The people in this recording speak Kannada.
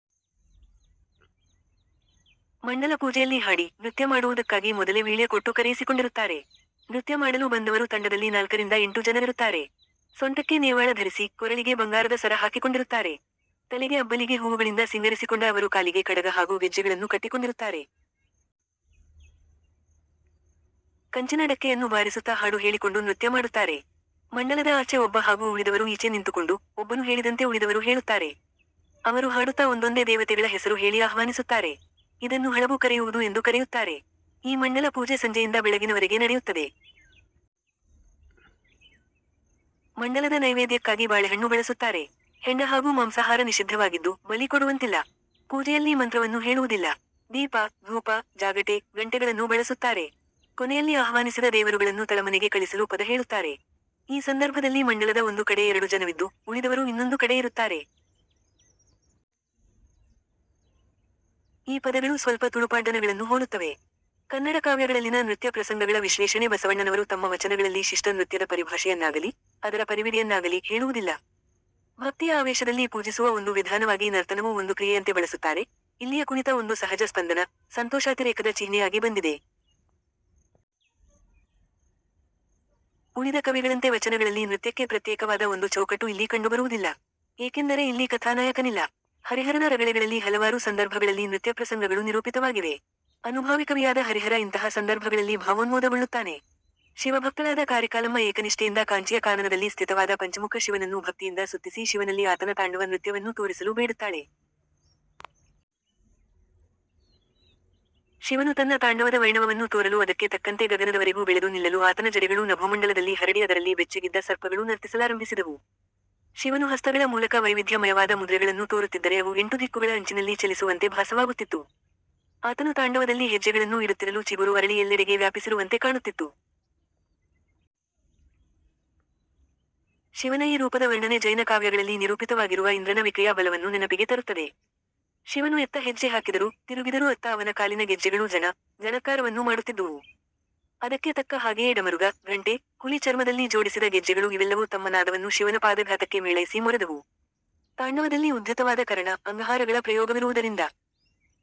ಮಂಡಲ ಪೂಜೆಯಲ್ಲಿ ಹಾಡಿ, ನೃತ್ಯ ಮಾಡುವುದಕ್ಕಾಗಿ ಮೊದಲೆ ವೀಳ್ಯ ಕೊಟ್ಟು ಕರೆಯಿಸಿಕೊಂಡಿರುತ್ತಾರೆ. ನೃತ್ಯ ಮಾಡಲು ಬಂದವರು ತಂಡದಲ್ಲಿ ನಾಲ್ಕರಿಂದ ಎಂಟು ಜನರಿರುತ್ತಾರೆ. ಸೊಂಟಕ್ಕೆ ನೇವಾಳ ಧರಿಸಿ, ಕೊರಳಿಗೆ ಬಂಗಾರದ ಸರ ಹಾಕಿಕೊಂಡಿರುತ್ತಾರೆ. ತಲೆಗೆ ಅಬ್ಬಲಿಗೆ ಹೂವುಗಳಿಂದ ಸಿಂಗರಿಸಿಕೊಂಡ ಅವರು ಕಾಲಿಗೆ ಕಡಗ ಹಾಗೂ ಗೆಜ್ಜೆಗಳನ್ನು ಕಟ್ಟಿಕೊಂಡಿರುತ್ತಾರೆ. ಕಂಚಿನ ಡಕ್ಕೆಯನ್ನು ಬಾರಿಸುತ್ತ ಹಾಡು ಹೇಳಿಕೊಂಡು ನೃತ್ಯ ಮಾಡುತ್ತಾರೆ. ಮಂಡಲದ ಆಚೆ ಒಬ್ಬ ಹಾಗೂ ಉಳಿದವರು ಈಚೆ ನಿಂತುಕೊಂಡು, ಒಬ್ಬನು ಹೇಳಿದಂತೆ ಉಳಿದವರು ಹೇಳುತ್ತಾರೆ. ಅವರು ಹಾಡುತ್ತಾ ಒಂದೊಂದೇ ದೇವತೆಗಳ ಹೆಸರು ಹೇಳಿ ಆಹ್ವಾನಿಸುತ್ತಾರೆ. ಇದನ್ನು ಹಳಬು ಕರೆಯುವುದು ಎಂದು ಕರೆಯುತ್ತಾರೆ. ಈ ಮಂಡಲ ಪೂಜೆ ಸಂಜೆಯಿಂದ ಬೆಳಗಿನವರೆಗೆ ನಡೆಯುತ್ತದೆ. ಮಂಡಲದ ನೈವೇದ್ಯಕ್ಕಾಗಿ ಬಾಳೆಹಣ್ಣು ಬಳಸುತ್ತಾರೆ. ಹೆಂಡ ಹಾಗೂ ಮಾಂಸಾಹಾರ ನಿಷಿದ್ಧವಾಗಿದ್ದು, ಬಲಿ ಕೊಡುವಂತಿಲ್ಲ. ಪೂಜೆಯಲ್ಲಿ ಮಂತ್ರವನ್ನು ಹೇಳುವುದಿಲ್ಲ. ದೀಪ, ಧೂಪ, ಜಾಗಟೆ, ಗಂಟೆಗಳನ್ನು ಬಳಸುತ್ತಾರೆ. ಕೊನೆಯಲ್ಲಿ ಆಹ್ವಾನಿಸಿದ ದೇವರುಗಳನ್ನು ತಳಮನೆಗೆ ಕಳಿಸಲು ಪದ ಹೇಳುತ್ತಾರೆ. ಈ ಸಂದರ್ಭದಲ್ಲಿ ಮಂಡಲದ ಒಂದು ಕಡೆ ಎರಡು ಜನವಿದ್ದು, ಉಳಿದವರು ಇನ್ನೊಂದು ಕಡೆ ಇರುತ್ತಾರೆ. ಈ ಪದಗಳು ಸ್ವಲ್ಪ ತುಳುಪಾಡ್ದನಗಳನ್ನು ಹೋಲುತ್ತವೆ. ಕನ್ನಡ ಕಾವ್ಯಗಳಲ್ಲಿನ ನೃತ್ಯ ಪ್ರಸಂಗಗಳ ವಿಶ್ಲೇಷಣೆ ಬಸವಣ್ಣನವರು ತಮ್ಮ ವಚನಗಳಲ್ಲಿ ಶಿಷ್ಟ ನೃತ್ಯದ ಪರಿಭಾಷೆಯನ್ನಾಗಲಿ, ಅದರ ಪರಿವಿಡಿಯನ್ನಾಗಲಿ, ಹೇಳುವುದಿಲ್ಲ. ಭಕ್ತಿಯ ಆವೇಶದಲ್ಲಿ ಪೂಜಿಸುವ ಒಂದು ವಿಧಾನವಾಗಿ ನರ್ತನವೂ ಒಂದು ಕ್ರಿಯೆಯಂತೆ ಬಳಸುತ್ತಾರೆ: ಇಲ್ಲಿಯ ಕುಣಿತ ಒಂದು ಸಹಜ ಸ್ಪಂದನ, ಸಂತೋಷಾತಿರೇಕದ ಚಿಹ್ನೆಯಾಗಿ ಬಂದಿದೆ. ಉಳಿದ ಕವಿಗಳಂತೆ ವಚನಗಳಲ್ಲಿ ನೃತ್ಯಕ್ಕೆ ಪ್ರತ್ಯೇಕವಾದ ಒಂದು ಚೌಕಟ್ಟು ಇಲ್ಲಿ ಕಂಡುಬರುವುದಿಲ್ಲ. ಏಕೆಂದರೆ ಇಲ್ಲಿ ಕಥಾನಾಯಕನಿಲ್ಲ. ಹರಿಹರನ ರಗಳೆಗಳಲ್ಲಿ ಹಲವಾರು ಸಂದರ್ಭಗಳಲ್ಲಿ ನೃತ್ಯಪ್ರಸಂಗಗಳು ನಿರೂಪಿತವಾಗಿವೆ. ಅನುಭಾವಿಕವಿಯಾದ ಹರಿಹರ ಇಂತಹ ಸಂದರ್ಭಗಳಲ್ಲಿ ಭಾವೋನ್ಮೋದಗೊಳ್ಳುತ್ತಾನೆ. ಶಿವಭಕ್ತಳಾದ ಕಾರಿಕಾಲಮ್ಮ ಏಕನಿಷ್ಠೆಯಿಂದ ಕಾಂಚಿಯ ಕಾನನದಲ್ಲಿ ಸ್ಥಿತವಾದ ಪಂಚಮುಖ ಶಿವನನ್ನು ಭಕ್ತಿಯಿಂದ ಸುತ್ತಿಸಿ ಶಿವನಲ್ಲಿ ಆತನ ತಾಂಡವ ನೃತ್ಯವನ್ನು ತೋರಿಸಲು ಬೇಡುತ್ತಾಳೆ. ಶಿವನು ತನ್ನ ತಾಂಡವದ ವೈಣವವನ್ನು ತೋರಲು ಅದಕ್ಕೆ ತಕ್ಕಂತೆ ಗಗನದವರೆಗೂ ಬೆಳೆದು ನಿಲ್ಲಲು ಆತನ ಜಡೆಗಳೂ ನಭೋಮಂಡಲದಲ್ಲಿ ಹರಡಿ ಅದರಲ್ಲಿ ಬೆಚ್ಚಗಿದ್ದ ಸರ್ಪಗಳೂ ನರ್ತಿಸಲಾರಂಭಿಸಿದವು. ಶಿವನು ಹಸ್ತಗಳ ಮೂಲಕ ವೈವಿಧ್ಯ ಮಯವಾದ ಮುದ್ರೆಗಳನ್ನು ತೋರುತ್ತಿದ್ದರೆ ಅವು ಎಂಟು ಧಿಕ್ಕುಗಳ ಅಂಚಿನಲ್ಲಿ ಚಲಿಸುವಂತೆ ಭಾಸವಾಗುತ್ತಿತ್ತು. ಆತನು ತಾಂಡವದಲ್ಲಿ ಹೆಜ್ಜೆಗಳನ್ನು ಇಡುತ್ತಿರಲು ಚಿಗುರು ಅರಳಿ ಎಲ್ಲೆಡೆಗೆ ವ್ಯಾಪಿಸಿರುವಂತೆ ಕಾಣುತ್ತಿತ್ತು. ಶಿವನ ಈ ರೂಪದ ವರ್ಣನೆ ಜೈನ ಕಾವ್ಯಗಳಲ್ಲಿ ನಿರೂಪಿತವಾಗಿರುವ ಇಂದ್ರನ ವಿಕ್ರಿಯಾ ಬಲವನ್ನು ನೆನಪಿಗೆ ತರುತ್ತದೆ. ಶಿವನು ಎತ್ತ ಹೆಜ್ಜೆ ಹಾಕಿದರೂ, ತಿರುಗಿದರೂ ಅತ್ತ ಅವನ ಕಾಲಿನ ಗೆಜ್ಜೆಗಳೂ ಝಣ, ಝಣತ್ಕಾರವನ್ನು ಮಾಡುತ್ತಿದ್ದುವು. ಅದಕ್ಕೆ ತಕ್ಕ ಹಾಗೆಯೇ ಡಮರುಗ, ಘಂಟೆ, ಹುಲಿ ಚರ್ಮದಲ್ಲಿ ಜೋಡಿಸಿದ ಗೆಜ್ಜೆಗಳು ಇವೆಲ್ಲವೂ ತಮ್ಮ ನಾದವನ್ನು ಶಿವನ ಪಾದಘಾತಕ್ಕೆ ಮೇಳೈಸಿ ಮೊರೆದವು. ತಾಂಡವದಲ್ಲಿ ಉದ್ಧತವಾದ ಕರಣ, ಅಂಗಹಾರಗಳ ಪ್ರಯೋಗವಿರುವುದರಿಂದ